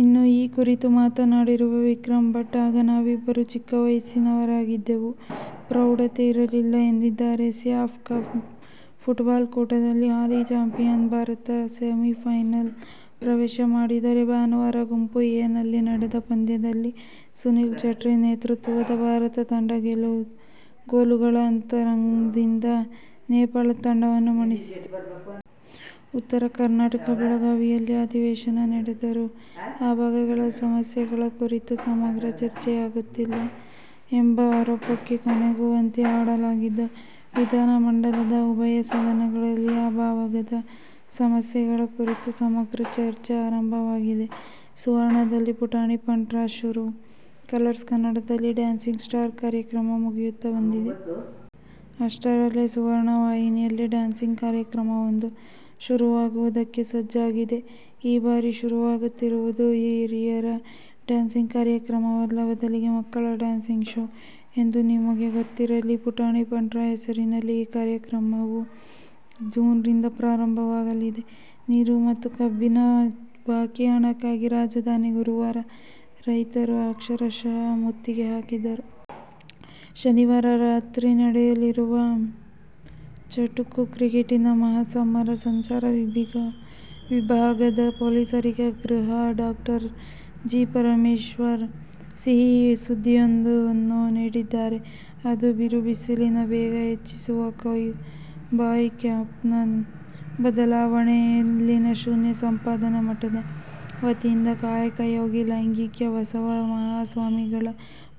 ಇನ್ನು ಈ ಕುರಿತು ಮಾತನಾಡಿರುವ ವಿಕ್ರಮ್ ಭಟ್, ಆಗ ನಾವಿಬ್ಬರು ಚಿಕ್ಕ ವಯಸ್ಸಿನವರಾಗಿದ್ದೆವು. ಪ್ರೌಢತೆ ಇರಲಿಲ್ಲ ಎಂದಿದ್ದಾರೆ. ಸ್ಯಾಫ್ ಕಪ್ ಫುಟ್ಬಾಲ್ ಕೂಟದಲ್ಲಿ ಹಾಲಿ ಚಾಂಪಿಯನ್ ಭಾರತ ಸೆಮಿಫೈನಲ್ ಪ್ರವೇಶ ಮಾಡಿದೆ. ಭಾನುವಾರ ಗುಂಪು 'ಎ' ನಲ್ಲಿ ನಡೆದ ಪಂದ್ಯದಲ್ಲಿ ಸುನಿಲ್ ಚಟ್ರಿ ನೇತೃತ್ವದ ಭಾರತ ತಂಡ ಗೋಲುಗಳ ಅಂತರದಿಂದ ನೇಪಾಳ ತಂಡವನ್ನು ಮಣಿಸಿತು. ಉತ್ತರ ಕರ್ನಾಟಕದ ಬೆಳಗಾವಿಯಲ್ಲಿ ಅಧಿವೇಶನ ನಡೆದರೂ ಆ ಭಾಗದ ಸಮಸ್ಯೆಗಳ ಕುರಿತು ಸಮಗ್ರ ಚರ್ಚೆಯಾಗುತ್ತಿಲ್ಲ ಎಂಬ ಆರೋಪಕ್ಕೆ ಕೊನೆಗೂ ಅಂತ್ಯ ಹಾಡಲಾಗಿದ್ದು, ವಿಧಾನ ಮಂಡಲದ ಉಭಯ ಸದನಗಳಲ್ಲಿ ಆ ಭಾಗದ ಸಮಸ್ಯೆಗಳ ಕುರಿತು ಸಮಗ್ರ ಚರ್ಚೆ ಆರಂಭವಾಗಿದೆ. ಸುವರ್ಣದಲ್ಲಿ ಪುಟಾಣಿ ಪಂಟ್ರಾ ಶುರು, ಕಲರ್ಸ್ ಕನ್ನಡದಲ್ಲಿ "ಡ್ಯಾನ್ಸಿಂಗ್ ಸ್ಟಾರ್ ' ಕಾರ್ಯಕ್ರಮ ಮುಗಿಯುತ್ತಾ ಬಂದಿದೆ. ಅಷ್ಟರಲ್ಲೇ ಸುವರ್ಣ ವಾಹಿನಿಯಲ್ಲಿ ಡ್ಯಾನ್ಸಿಂಗ್ ಕಾರ್ಯಕ್ರಮವೊಂದು ಶುರುವಾಗುವುದಕ್ಕೆ ಸಜ್ಜಾಗಿದೆ. ಈ ಬಾರಿ ಶುರುವಾಗುತ್ತಿರುವುದು ಹಿರಿಯರ ಡ್ಯಾನ್ಸಿಂಗ್ ಕಾರ್ಯಕ್ರಮವಲ್ಲ, ಬದಲಿಗೆ ಮಕ್ಕಳ ಡ್ಯಾನ್ಸಿಂಗ್ ಶೋ ಎಂದು ನಿಮಗೆ ಗೊತ್ತಿರಲಿ. "ಪುಟಾಣಿ ಪಂಟ್ರಾ' ಹೆಸರಿನ ಈ ಕಾರ್ಯಕ್ರಮವು ಜೂನ್ ರಿಂದ ಪ್ರಾರಂಭವಾಗಲಿದೆ. ನೀರು ಮತ್ತು ಕಬ್ಬಿನ ಬಾಕಿ ಹಣಕ್ಕಾಗಿ ರಾಜಧಾನಿಗೆ ಗುರುವಾರ ರೈತರು ಅಕ್ಷರಶಃ ಮುತ್ತಿಗೆ ಹಾಕಿದರು. ಶನಿವಾರ ರಾತ್ರಿ ಇಲ್ಲಿ ನಡೆಯಲಿರುವುದು ಚುಟುಕು ಕ್ರಿಕೆಟಿನ ಮಹಾಸಮರ! ಸಂಚಾರ ವಿಭಾಗದ ಪೊಲೀಸರಿಗೆ ಗೃಹ ಡಾ. ಜಿ. ಪರಮೇಶ್ವರ್ ಸಿಹಿ ಸುದ್ದಿಯೊಂದನ್ನು ನೀಡಿದ್ದಾರೆ. ಅದು- ಬಿರು ಬಿಸಿಲಿನ ಬೇಗೆ ಹೆಚ್ಚಿಸುವ ಕೌ ಬಾಯ್ ಕ್ಯಾಪ್ನ ಬದಲಾವಣೆ. ಇಲ್ಲಿನ ಶೂನ್ಯ ಸಂಪಾದನಾ ಮಠದ ವತಿಯಿಂದ ಕಾಯಕ ಯೋಗಿ ಲಿಂಗೈಕ್ಯ ಬಸವ ಮಹಾಸ್ವಾಮಿಗಳ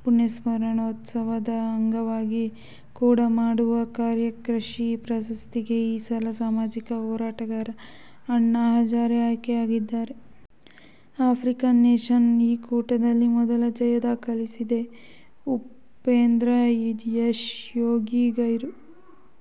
ಪುಣ್ಯಸ್ಮರಣೋತ್ಸವದ ಅಂಗವಾಗಿ ಕೊಡ ಮಾಡುವ ಕಾಯಕಶ್ರೀ ಪ್ರಶಸ್ತಿಗೆ ಈ ಸಲ ಸಾಮಾಜಿಕ ಹೋರಾಟಗಾರ ಅಣ್ಣಾ ಹಜಾರೆ ಆಯ್ಕೆಯಾಗಿದ್ದಾರೆ. "ಆಫ್ರಿಕನ್ ನೇಶನ್' ಈ ಕೂಟದಲ್ಲಿ ಮೊದಲ ಜಯ ದಾಖಲಿಸಿದೆ. ಉಪೇಂದ್ರ, ಯಶ್, ಯೋಗಿ ಗೈರು.